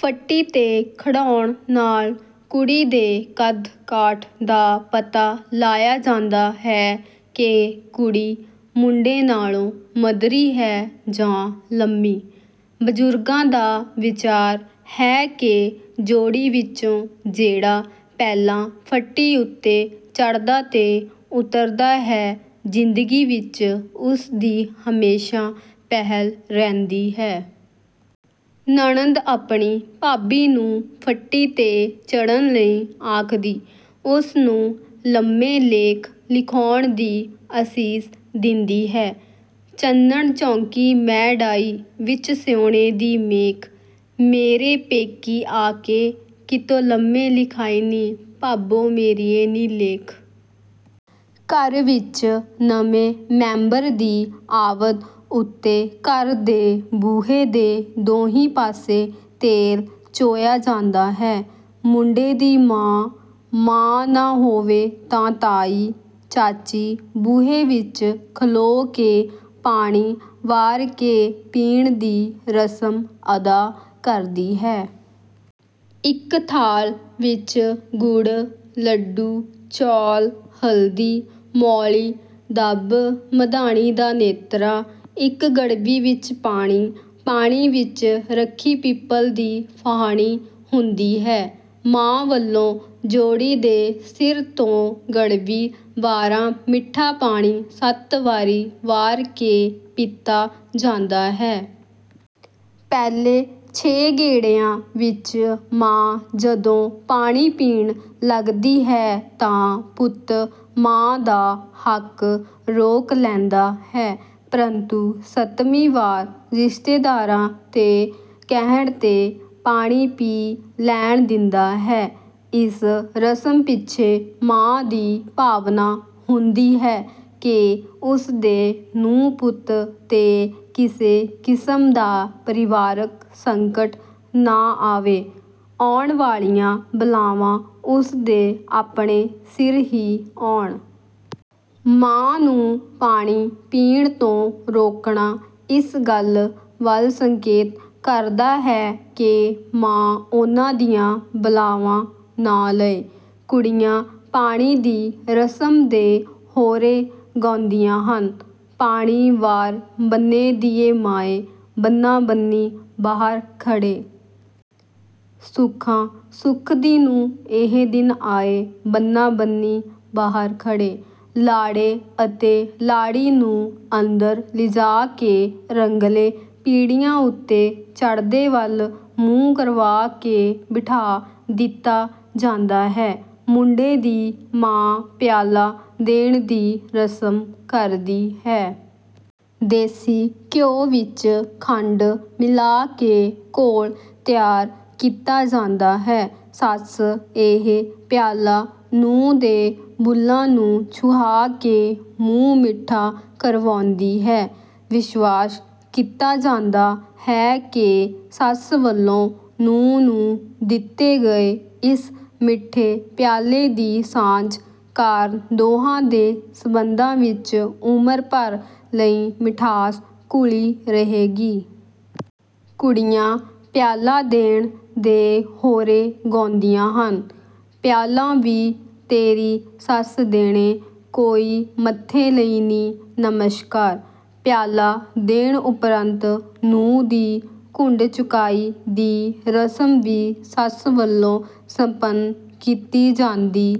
ਫੱਟੀ ਤੇ ਖੜ੍ਹਾਉਣ ਨਾਲ ਕੁੜੀ ਦੇ ਕਦ-ਕਾਠ ਦਾ ਪਤਾ ਲਾਇਆ ਜਾਂਦਾ ਹੈ ਕਿ ਕੁੜੀ, ਮੁੰਡੇ ਨਾਲੋਂ ਮਧਰੀ ਹੈ ਜਾਂ ਲੰਮੀ। ਬਜ਼ੁਰਗਾਂ ਦਾ ਵਿਚਾਰ ਹੈ ਕਿ ਜੋੜੀ ਵਿੱਚੋਂ ਜਿਹੜਾ ਪਹਿਲਾਂ ਫੱਟੀ ਉੱਤੇ ਚੜ੍ਹਦਾ ਤੇ ਉਤਰਦਾ ਹੈ, ਜ਼ਿੰਦਗੀ ਵਿੱਚ ਉਸ ਦੀ ਹਮੇਸ਼ਾ ਪਹਿਲ ਰਹਿੰਦੀ ਹੈ। ਨਣਦ ਆਪਣੀ ਭਾਬੀ ਨੂੰ ਫੱਟੀ ਤੇ ਚੜ੍ਹਨ ਲਈ ਆਖਦੀ, ਉਸਨੂੰ ਲੰਮੇ ਲੇਖ ਲਿਖਾਉਣ ਦੀ ਅਸੀਸ ਦਿੰਦੀ ਹੈ: "ਚੰਨਣ ਚੌਕੀ ਮੈਂ ਡਾਈ, ਵਿੱਚ ਸਿਉਣੇ ਦੀ ਮੇਖ। ਮੇਰੇ ਪੇਕੀ ਆ ਕੇ, ਕਿਤੋਂ ਲੰਮੇ ਲਿਖਾਈਨੀ ਭਾਬੋ ਮੇਰੀਏ ਨੀ ਲੇਖ।" ਘਰ ਵਿੱਚ ਨਵੇਂ ਮੈਂਬਰ ਦੀ ਆਵਦ ਉੱਤੇ ਘਰ ਦੇ ਬੂਹੇ ਦੇ ਦੋਹੀਂ ਪਾਸੇ ਤੇਲ ਚੋਇਆ ਜਾਂਦਾ ਹੈ। ਮੁੰਡੇ ਦੀ ਮਾਂ, ਮਾਂ ਨਾ ਹੋਵੇ ਤਾਂ ਤਾਈ, ਚਾਚੀ, ਬੂਹੇ ਵਿੱਚ ਖਲੋ ਕੇ 'ਪਾਣੀ ਵਾਰ ਕੇ ਪੀਣ' ਦੀ ਰਸਮ ਅਦਾ ਕਰਦੀ ਹੈ। ਇੱਕ ਥਾਲ ਵਿੱਚ ਗੁੜ, ਲੱਡੂ, ਚੌਲ, ਹਲਦੀ, ਮੌਲੀ, ਦੱਬ, ਮਧਾਣੀ ਦਾ ਨੇਤਰਾ, ਇੱਕ ਗੜਵੀ ਵਿੱਚ ਪਾਣੀ, ਪਾਣੀ ਵਿੱਚ ਰੱਖੀ ਪਿੱਪਲ ਦੀ ਫਾਹਣੀ ਹੁੰਦੀ ਹੈ। ਮਾਂ ਵੱਲੋਂ ਜੋੜੀ ਦੇ ਸਿਰ ਤੋਂ ਗੜਵੀ ਵਾਰਾ ਮਿੱਠਾ ਪਾਣੀ ਸੱਤ ਵਾਰੀ ਵਾਰ ਕੇ ਪੀਤਾ ਜਾਂਦਾ ਹੈ। ਪਹਿਲੇ ਛੇ ਗੇੜਿਆਂ ਵਿੱਚ ਮਾਂ ਜਦੋਂ ਪਾਣੀ ਪੀਣ ਲੱਗਦੀ ਹੈ ਤਾਂ ਪੁੱਤ ਮਾਂ ਦਾ ਹੱਕ ਰੋਕ ਲੈਂਦਾ ਹੈ, ਪਰੰਤੂ ਸਤਵੀਂ ਵਾਰ ਰਿਸ਼ਤੇਦਾਰਾਂ ਦੇ ਕਹਿਣ ਤੇ ਪਾਣੀ ਪੀ ਲੈਣ ਦਿੰਦਾ ਹੈ। ਇਸ ਰਸਮ ਪਿੱਛੇ ਮਾਂ ਦੀ ਭਾਵਨਾ ਹੁੰਦੀ ਹੈ ਕਿ ਉਸ ਦੇ ਨੂੰਹ-ਪੁੱਤ ਤੇ ਕਿਸੇ ਕਿਸਮ ਦਾ ਪਰਿਵਾਰਕ ਸੰਕਟ ਨਾ ਆਵੇ, ਆਉਣ ਵਾਲੀਆਂ ਬਲਾਵਾਂ ਉਸ ਦੇ ਆਪਣੇ ਸਿਰ ਹੀ ਆਉਣ। ਮਾਂ ਨੂੰ ਪਾਣੀ ਪੀਣ ਤੋਂ ਰੋਕਣਾ ਇਸ ਗੱਲ ਵੱਲ ਸੰਕੇਤ ਕਰਦਾ ਹੈ ਕਿ ਮਾਂ ਉਨ੍ਹਾਂ ਦੀਆਂ ਬਲਾਵਾਂ ਨਾ ਲਏ। ਕੁੜੀਆਂ ਪਾਣੀ ਦੀ ਰਸਮ ਦੇ ਹੋਅਰੇ ਗਾਉਂਦੀਆਂ ਹਨ: "ਪਾਣੀ ਵਾਰ ਬੰਨੇ ਦੀਏ ਮਾਏ, ਬੰਨਾ-ਬੰਨੀ ਬਾਹਰ ਖੜ੍ਹੇ। ਸੁੱਖਾਂ ਸੁਖਦੀ ਨੂੰ ਇਹ ਦਿਨ ਆਏ, ਬੰਨਾ-ਬੰਨੀ ਬਾਹਰ ਖੜ੍ਹੇ।" ਲਾੜੇ ਅਤੇ ਲਾੜੀ ਨੂੰ ਅੰਦਰ ਲਿਜਾ ਕੇ ਰੰਗਲੇ ਪੀੜ੍ਹਿਆਂ ਉੱਤੇ ਚੜ੍ਹਦੇ ਵੱਲ ਮੂੰਹ ਕਰਵਾ ਕੇ ਬਿਠਾ ਦਿੱਤਾ ਜਾਂਦਾ ਹੈ। ਮੁੰਡੇ ਦੀ ਮਾਂ 'ਪਿਆਲਾ ਦੇਣ' ਦੀ ਰਸਮ ਕਰਦੀ ਹੈ। ਦੇਸੀ ਘਿਉ ਵਿੱਚ ਖੰਡ ਮਿਲਾ ਕੇ ਘੋਲ ਤਿਆਰ ਕੀਤਾ ਜਾਂਦਾ ਹੈ। ਸੱਸ, ਇਹ ਪਿਆਲਾ ਨੂੰਹ ਦੇ ਬੁੱਲ੍ਹਾਂ ਨੂੰ ਛੁਹਾ ਕੇ ਮੂੰਹ ਮਿੱਠਾ ਕਰਵਾਉਂਦੀ ਹੈ। ਵਿਸ਼ਵਾਸ ਕੀਤਾ ਜਾਂਦਾ ਹੈ ਕਿ ਸੱਸ ਵੱਲੋਂ ਨੂੰਹ ਨੂੰ ਦਿੱਤੇ ਗਏ ਇਸ ਮਿੱਠੇ ਪਿਆਲੇ ਦੀ ਸਾਂਝ ਕਾਰਨ ਦੋਹਾਂ ਦੇ ਸੰਬੰਧਾਂ ਵਿੱਚ ਉਮਰ ਭਰ ਲਈ ਮਿਠਾਸ ਘੁਲੀ ਰਹੇਗੀ। ਕੁੜੀਆਂ 'ਪਿਆਲਾ ਦੇਣ' ਦੇ ਹੋਅਰੇ ਗਾਉਂਦੀਆਂ ਹਨ: "ਪਿਆਲਾ ਵੀ ਤੇਰੀ ਸੱਸ ਦੇਣੇ, ਕੋਈ ਮੱਥੇ ਲਈ ਨੀ ਨਮਸ਼ਕਾਰ।" ਪਿਆਲਾ ਦੇਣ ਉਪਰੰਤ ਨੂੰਹ ਦੀ ਘੁੰਡ ਚੁਕਾਈ ਦੀ ਰਸਮ ਵੀ ਸੱਸ ਵੱਲੋਂ ਸੰਪੰਨ ਕੀਤੀ ਜਾਂਦੀ